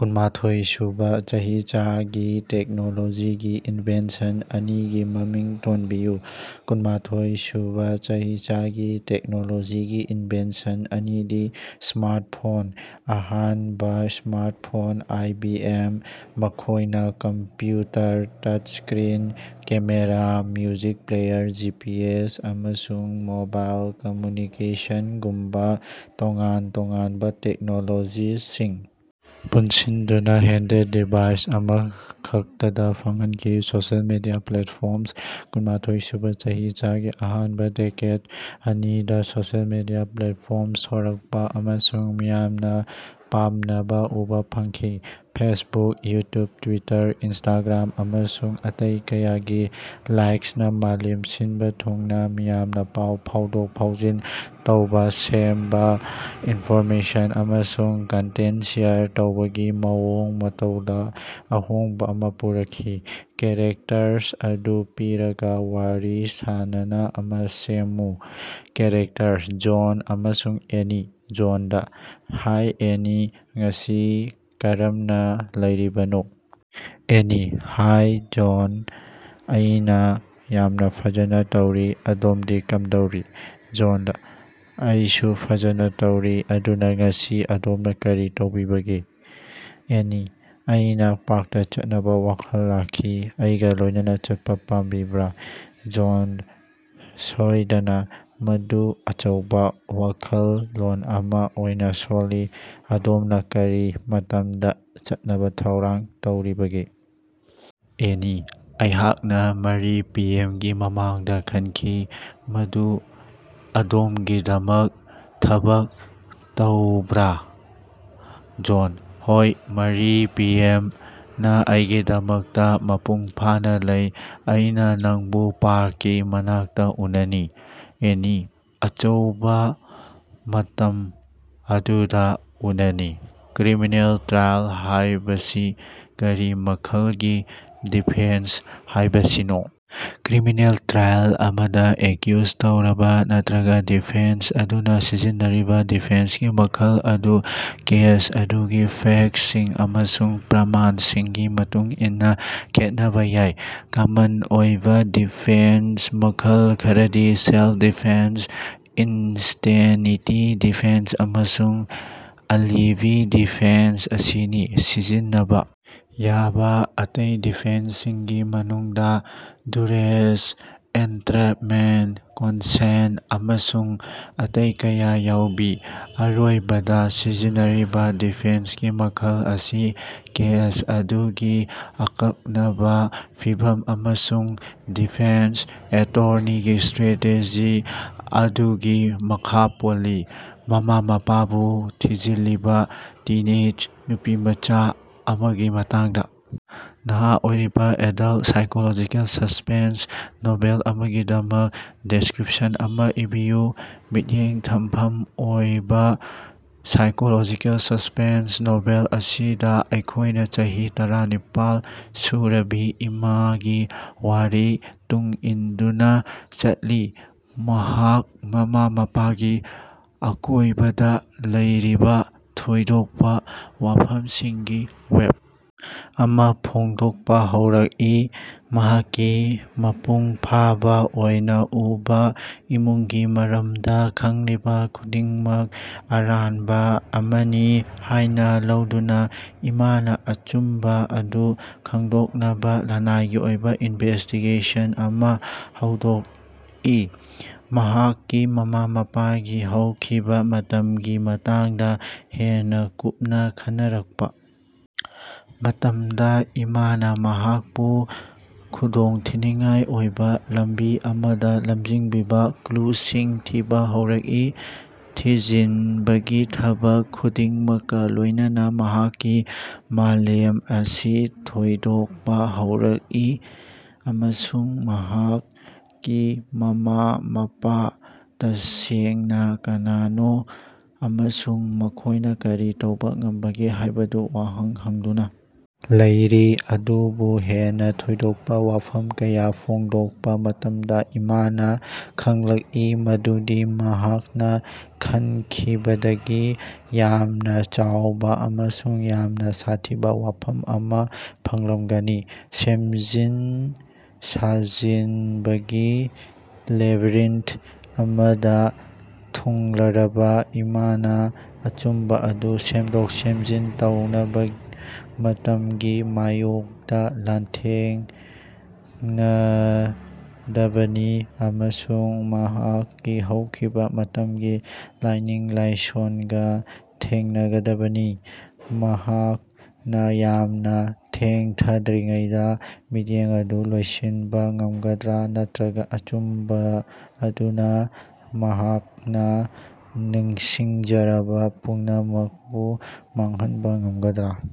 ꯀꯨꯟꯃꯊꯣꯏꯁꯨꯕ ꯆꯍꯤꯆꯥꯒꯤ ꯇꯦꯛꯅꯣꯂꯣꯖꯤꯒꯤ ꯏꯟꯚꯦꯟꯁꯟ ꯑꯅꯤꯒꯤ ꯃꯃꯤꯡ ꯊꯣꯟꯕꯤꯌꯨ꯫ ꯀꯨꯟꯃꯊꯣꯏꯁꯨꯕ ꯆꯍꯤꯆꯥꯒꯤ ꯇꯦꯛꯅꯣꯂꯣꯖꯤꯒꯤ ꯏꯟꯚꯦꯟꯁꯟ ꯑꯅꯤꯗꯤ: ꯁ꯭ꯃꯥꯔꯠꯐꯣꯟ: ꯑꯍꯥꯟꯕ ꯁ꯭ꯃꯥꯔꯠꯐꯣꯟ ꯑꯥꯏ. ꯕꯤ. ꯑꯦꯝ. ꯃꯈꯣꯏꯅ computer, touchscreen, camera, music player, G. P. S., ꯑꯃꯁꯨꯡ ꯃꯣꯕꯥꯏꯜ ꯀꯝꯝꯌꯨꯅꯤꯀꯦꯁꯟꯒꯨꯝꯕ ꯇꯣꯉꯥꯟ ꯇꯣꯉꯥꯟꯕ ꯇꯦꯛꯅꯣꯂꯣꯖꯤꯁꯤꯡ ꯄꯨꯟꯁꯤꯟꯗꯨꯅ ꯍꯦꯟꯙꯦꯜꯗ ꯗꯤꯚꯥꯏꯁ ꯑꯃꯈꯛꯇꯗ ꯐꯪꯍꯅꯈꯤ꯫ ꯁꯣꯁꯤꯌꯦꯜ ꯃꯤꯗꯤꯌꯥ ꯄ꯭ꯂꯦꯠꯐꯣꯔꯝꯁꯤꯡ: ꯀꯨꯟꯃꯊꯣꯏꯁꯨꯕ ꯆꯍꯤꯆꯥꯒꯤ ꯑꯍꯥꯟꯕ ꯗꯤꯀꯦꯗ ꯑꯅꯤꯗ ꯁꯣꯁꯤꯌꯦꯜ ꯃꯤꯗꯤꯌꯥ ꯄ꯭ꯂꯦꯠꯐꯣꯔꯝꯁꯤꯡ ꯊꯣꯔꯛꯄ ꯑꯃꯁꯨꯡ ꯃꯤꯌꯥꯝꯅ ꯄꯥꯝꯅꯕ ꯎꯕ ꯐꯪꯈꯤ꯫ ꯐꯦꯁꯕꯨꯛ, ꯌꯨꯠꯌꯨꯕ, ꯇ꯭ꯕꯤꯇꯔ, ꯏꯟꯁꯇꯥꯒ꯭ꯔꯥꯝ, ꯑꯃꯁꯨꯡ ꯑꯇꯩ ꯀꯌꯥꯒꯤ ꯂꯥꯏꯛꯁꯤꯡꯅ ꯃꯥꯂꯦꯝ ꯁꯤꯟꯕ ꯊꯨꯡꯅ ꯃꯤꯌꯥꯝꯅ ꯄꯥꯎ ꯐꯥꯎꯗꯣꯛ-ꯐꯥꯎꯖꯤꯟ ꯇꯧꯕ, ꯁꯦꯝꯕ, ꯏꯟꯐꯣꯔꯃꯦꯁꯟ ꯑꯃꯁꯨꯡ ꯀꯟꯇꯦꯟꯇ ꯁꯦꯌꯔ ꯇꯧꯕꯒꯤ ꯃꯑꯣꯡ-ꯃꯇꯧꯗ ꯑꯍꯣꯡꯕ ꯑꯃ ꯄꯨꯔꯛꯈꯤ꯫ ꯆꯔꯤꯇꯔꯁꯤꯡ ꯑꯗꯨ ꯄꯤꯔꯒꯥ, ꯋꯥꯔꯤ ꯁꯥꯟꯅꯕ ꯑꯃ ꯁꯦꯝꯃꯨ꯫ ꯆꯔꯤꯇꯔꯁꯤꯡ: ꯖꯣꯟ ꯑꯃꯁꯨꯡ ꯑꯦꯅꯤ꯫ ꯖꯣꯟꯗꯥ: ꯍꯥꯏ ꯑꯦꯟꯅꯤ, ꯉꯁꯤ ꯀꯔꯝꯅ ꯂꯩꯔꯤꯕꯅꯣ? ꯑꯦꯟꯅꯤ: ꯍꯥꯏ ꯖꯣꯟ, ꯑꯩꯅ ꯌꯥꯝꯅ ꯐꯖꯅ ꯇꯧꯔꯤ꯫ ꯑꯗꯣꯝꯗꯤ ꯀꯝꯗꯧꯔꯤ? ꯖꯣꯟꯗꯥ: ꯑꯩꯁꯨ ꯐꯖꯅ ꯇꯧꯔꯤ꯫ ꯑꯗꯨꯅ, ꯉꯁꯤ ꯑꯗꯣꯝꯅ ꯀꯔꯤ ꯇꯧꯔꯤꯕꯒꯦ? ꯑꯦꯟꯅꯤ: ꯑꯩꯅ ꯄꯥꯔꯛꯇ ꯆꯠꯅꯕ ꯋꯥꯈꯜ ꯂꯥꯛꯈꯤ꯫ ꯑꯩꯒ ꯂꯣꯏꯅꯅ ꯆꯠꯄ ꯄꯥꯝꯕꯤꯕ꯭ꯔꯥ? ꯖꯣꯟ: ꯁꯣꯏꯗꯅ, ꯃꯗꯨ ꯑꯆꯧꯕꯥ ꯋꯥꯈꯜꯂꯣꯟ ꯑꯃ ꯑꯣꯏꯅ ꯁꯣꯜꯂꯤ꯫ ꯑꯗꯣꯝꯅ ꯀꯔꯤ ꯃꯇꯝꯗ ꯆꯠꯅꯕ ꯊꯧꯔꯥꯡ ꯇꯧꯔꯤꯕꯒꯦ? ꯑꯦꯟꯅꯤ: ꯑꯩꯍꯥꯛꯅꯥ ꯃꯔꯤ ꯄꯤ. ꯑꯦꯝ. ꯒꯤ ꯃꯇꯥꯡꯗ ꯈꯟꯈꯤ꯫ ꯃꯗꯨ ꯑꯗꯣꯃꯒꯤꯗꯃꯛ ꯊꯕꯛ ꯇꯧꯕꯔꯥ? ꯖꯣꯟ: ꯍꯣꯌ, ꯃꯔꯤ ꯄꯤ. ꯑꯦꯝ. ꯅ ꯑꯩꯒꯤꯗꯃꯛꯇꯗꯤ ꯃꯄꯨꯡ ꯐꯥꯅ ꯂꯩ꯫ ꯑꯩꯅ ꯅꯪꯕꯨ ꯄꯥꯔꯛꯀꯤ ꯃꯅꯥꯛꯇ ꯎꯅꯅꯤ꯫ ꯑꯦꯟꯅꯤ: ꯑꯆꯧꯕꯥ, ꯃꯇꯝ ꯑꯗꯨꯗ ꯎꯅꯅꯤ! ꯀ꯭ꯔꯤꯃꯤꯅꯦꯜ ꯇ꯭ꯔꯥꯏꯑꯦꯜ ꯍꯥꯏꯕꯁꯤ ꯀꯔꯤ ꯃꯈꯜꯒꯤ ꯗꯤꯐꯦꯟꯁ ꯍꯥꯏꯕꯁꯤꯅꯣ? ꯀ꯭ꯔꯤꯃꯤꯅꯦꯜ ꯇ꯭ꯔꯥꯏꯑꯦꯜ ꯑꯃꯗ, ꯑꯦꯛꯁꯦꯁ ꯇꯧꯔꯕ ꯅꯠꯇ꯭ꯔꯒ ꯗꯤꯐꯦꯟꯁ ꯑꯗꯨꯅ ꯁꯤꯖꯤꯟꯅꯔꯤꯕ ꯗꯤꯐꯦꯟꯁꯀꯤ ꯃꯈꯜ ꯑꯗꯨ ꯀꯦꯁ ꯑꯗꯨꯒꯤ ꯐꯦꯛꯇꯁꯤꯡ ꯑꯃꯁꯨꯡ ꯄ꯭ꯔꯃꯥꯟꯁꯤꯡꯒꯤ ꯃꯇꯨꯡꯏꯟꯅ ꯈꯦꯠꯅꯕ ꯌꯥꯏ꯫ ꯀꯃꯟ ꯑꯣꯏꯕ ꯗꯤꯐꯦꯟꯁ ꯃꯈꯜ ꯈꯔꯗꯤ ꯁꯦꯜꯐ-ꯗꯤꯐꯦꯟꯁ, ꯏꯟꯁꯦꯟꯅꯤꯇꯤ ꯗꯤꯐꯦꯟꯁ ꯑꯃꯁꯨꯡ ꯑꯦꯂꯤꯕꯤ ꯗꯤꯐꯦꯟꯁ ꯑꯁꯤꯅꯤ꯫ ꯁꯤꯖꯤꯟꯅꯕ ꯌꯥꯕ ꯑꯇꯩ ꯗꯤꯐꯦꯟꯁꯁꯤꯡꯒꯤ ꯃꯅꯨꯡꯗ ꯗꯨꯔꯦꯁ, ꯑꯦꯟꯇꯔꯥꯞꯃꯦꯟꯇ, ꯀꯟꯁꯦꯟꯇꯤꯚ ꯑꯃꯁꯨꯡ ꯑꯇꯩ ꯀꯌꯥ ꯌꯥꯎꯏ꯫ ꯑꯔꯣꯏꯕꯗ, ꯁꯤꯖꯤꯟꯅꯔꯤꯕ ꯗꯤꯐꯦꯟꯁꯀꯤ ꯃꯈꯜ ꯑꯁꯤ ꯀꯦꯁ ꯑꯗꯨꯒꯤ ꯑꯀꯛꯅꯕ ꯐꯤꯚꯝ ꯑꯃꯁꯨꯡ ꯗꯤꯐꯦꯟꯁ ꯑꯦꯇꯣꯔꯅꯤꯒꯤ ꯏꯁꯇꯔꯦꯇꯦꯖꯤ ꯑꯗꯨꯒꯤ ꯃꯈꯥ ꯄꯣꯜꯂꯤ꯫ ꯃꯃꯥ-ꯃꯄꯥꯕꯨ ꯊꯤꯖꯤꯜꯂꯤꯕ ꯇꯤꯟꯑꯦꯖ ꯅꯨꯄꯤꯃꯆꯥ ꯑꯃꯒꯤ ꯃꯇꯥꯡꯗ ꯅꯍꯥ ꯑꯣꯏꯔꯤꯕ ꯑꯦꯗꯜꯇ ꯁꯥꯏꯀꯣꯂꯣꯖꯤꯀꯦꯜ ꯁꯁ꯭ꯄꯦꯟꯁ ꯅꯣꯚꯦꯜ ꯑꯃꯒꯤꯗꯃꯛ ꯗꯤꯁ꯭ꯀꯔꯤꯄꯁꯟ ꯑꯃ ꯏꯕꯤꯌꯨ꯫ ꯃꯤꯠꯌꯦꯡ ꯊꯝꯐꯝ ꯑꯣꯏꯕ ꯁꯥꯏꯀꯣꯂꯣꯖꯤꯀꯦꯜ ꯁꯁ꯭ꯄꯦꯟꯁ ꯅꯣꯚꯦꯜ ꯑꯁꯤꯗ ꯑꯩꯈꯣꯏꯅ ꯆꯍꯤ ꯇꯔꯥꯅꯤꯄꯥꯜ ꯁꯨꯔꯕꯤ ꯏꯃꯥꯒꯤ ꯋꯥꯔꯤ ꯇꯨꯡ ꯏꯟꯗꯨꯅ ꯆꯠꯂꯤ, ꯃꯍꯥꯛ ꯃꯃꯥ-ꯃꯄꯥꯒꯤ ꯑꯀꯣꯏꯕꯗ ꯂꯩꯔꯤꯕ ꯊꯣꯏꯗꯣꯛꯄ ꯋꯥꯐꯝꯁꯤꯡꯒꯤ ꯋꯦꯕ ꯑꯃ ꯐꯣꯡꯗꯣꯛꯄ ꯍꯧꯔꯛꯏ꯫ ꯃꯍꯥꯛꯀꯤ ꯃꯄꯨꯡ ꯐꯥꯕ ꯑꯣꯏꯅꯥ ꯎꯕ ꯏꯃꯨꯡꯒꯤ ꯃꯔꯝꯗ ꯈꯪꯂꯤꯕ ꯈꯨꯗꯤꯡꯃꯛ ꯑꯔꯥꯟꯕ ꯑꯃꯅꯤ ꯍꯥꯏꯅ ꯂꯧꯗꯨꯅ ꯏꯃꯥꯅ ꯑꯆꯨꯝꯕ ꯑꯗꯨ ꯈꯪꯗꯣꯛꯅꯕ ꯂꯅꯥꯏꯒꯤ ꯑꯣꯏꯕ ꯏꯟꯚꯦꯁ꯭ꯇꯤꯒꯦꯁꯟ ꯑꯃ ꯍꯧꯗꯣꯛꯏ꯫ ꯃꯍꯥꯛꯀꯤ ꯃꯃꯥ-ꯃꯄꯥꯒꯤ ꯍꯧꯈꯤꯕꯥ ꯃꯇꯝꯒꯤ ꯃꯇꯥꯡꯗ ꯍꯦꯟꯅ ꯀꯨꯞꯅ ꯈꯟꯅꯔꯛꯄ ꯃꯇꯝꯗ, ꯏꯃꯥꯅ ꯃꯍꯥꯛꯄꯨ ꯈꯨꯗꯣꯡꯊꯤꯅꯤꯡꯉꯥꯏ ꯑꯣꯏꯕ ꯂꯝꯕꯤ ꯑꯃꯗ ꯂꯝꯖꯤꯡꯕꯤꯕ ꯀ꯭ꯂꯨꯁꯤꯡ ꯊꯤꯕ ꯍꯧꯔꯛꯏ꯫ ꯊꯤꯖꯤꯟꯕꯒꯤ ꯊꯕꯛ ꯈꯨꯗꯤꯡꯃꯛꯀꯥ ꯂꯣꯏꯅꯅ ꯃꯍꯥꯛꯀꯤ ꯃꯥꯂꯦꯝ ꯑꯁꯤ ꯊꯣꯏꯗꯣꯛꯄ ꯍꯧꯔꯛꯏ, ꯑꯃꯁꯨꯡ ꯃꯍꯥꯛꯀꯤ ꯃꯃꯥ-ꯃꯄꯥ ꯇꯁꯦꯡꯅ ꯀꯅꯥꯅꯣ ꯑꯃꯁꯨꯡ ꯃꯈꯣꯏꯅ ꯀꯔꯤ ꯇꯧꯕ ꯉꯝꯕꯒꯦ ꯍꯥꯏꯕꯗꯨ ꯋꯥꯍꯪ ꯍꯪꯗꯨꯅ ꯂꯩꯔꯤ꯫ ꯑꯗꯨꯕꯨ ꯍꯦꯟꯅ ꯊꯣꯏꯗꯣꯛꯄ ꯋꯥꯐꯝ ꯀꯌꯥ ꯐꯣꯡꯗꯣꯛꯄ ꯃꯇꯝꯗ, ꯏꯃꯥꯅ ꯈꯪꯂꯛꯏ ꯃꯗꯨꯗꯤ ꯃꯍꯥꯛꯅ ꯈꯟꯈꯤꯕꯗꯒꯤ ꯌꯥꯝꯅ ꯆꯥꯎꯕ ꯑꯃꯁꯨꯡ ꯌꯥꯝꯅ ꯁꯥꯊꯤꯕ ꯋꯥꯐꯝ ꯑꯃ ꯎꯕ ꯐꯪꯂꯝꯒꯅꯤ꯫ ꯁꯦꯝꯖꯤꯟ ꯁꯥꯖꯤꯟꯕꯒꯤ ꯂꯦꯕꯤꯔꯤꯟꯊ ꯑꯃꯗ ꯊꯨꯡꯂꯔꯕ ꯏꯃꯥꯅ ꯑꯆꯨꯝꯕ ꯑꯗꯨꯕꯨ ꯁꯦꯝꯗꯣꯛ-ꯁꯦꯝꯖꯤꯟ ꯇꯧꯅꯕ ꯃꯇꯝꯒꯤ ꯃꯥꯌꯣꯛꯇ ꯂꯥꯟꯊꯦꯡꯉꯗꯕꯅꯤ, ꯑꯃꯁꯨꯡ ꯃꯍꯥꯛꯀꯤ ꯍꯧꯈꯤꯕ ꯃꯇꯝꯒꯤ ꯂꯥꯏꯅꯤꯡ-ꯂꯥꯏꯁꯣꯟꯒꯥ ꯊꯦꯡꯉꯗꯕꯅꯤ꯫ ꯃꯍꯥꯛꯅꯥ ꯌꯥꯝꯅꯥ ꯊꯦꯡꯊꯗ꯭ꯔꯤꯉꯩꯗꯥ ꯃꯤꯠꯌꯦꯡ ꯑꯗꯨ ꯂꯣꯏꯁꯤꯟꯕ ꯉꯝꯒꯗ꯭ꯔꯥ ꯅꯠꯇ꯭ꯔꯒꯥ ꯑꯆꯨꯝꯕ ꯑꯗꯨꯅ ꯃꯍꯥꯛꯅ ꯅꯨꯡꯁꯤꯖꯔꯕ ꯄꯨꯝꯅꯃꯛꯄꯨ ꯃꯥꯡꯍꯟꯕ ꯉꯝꯒꯗ꯭ꯔꯥ?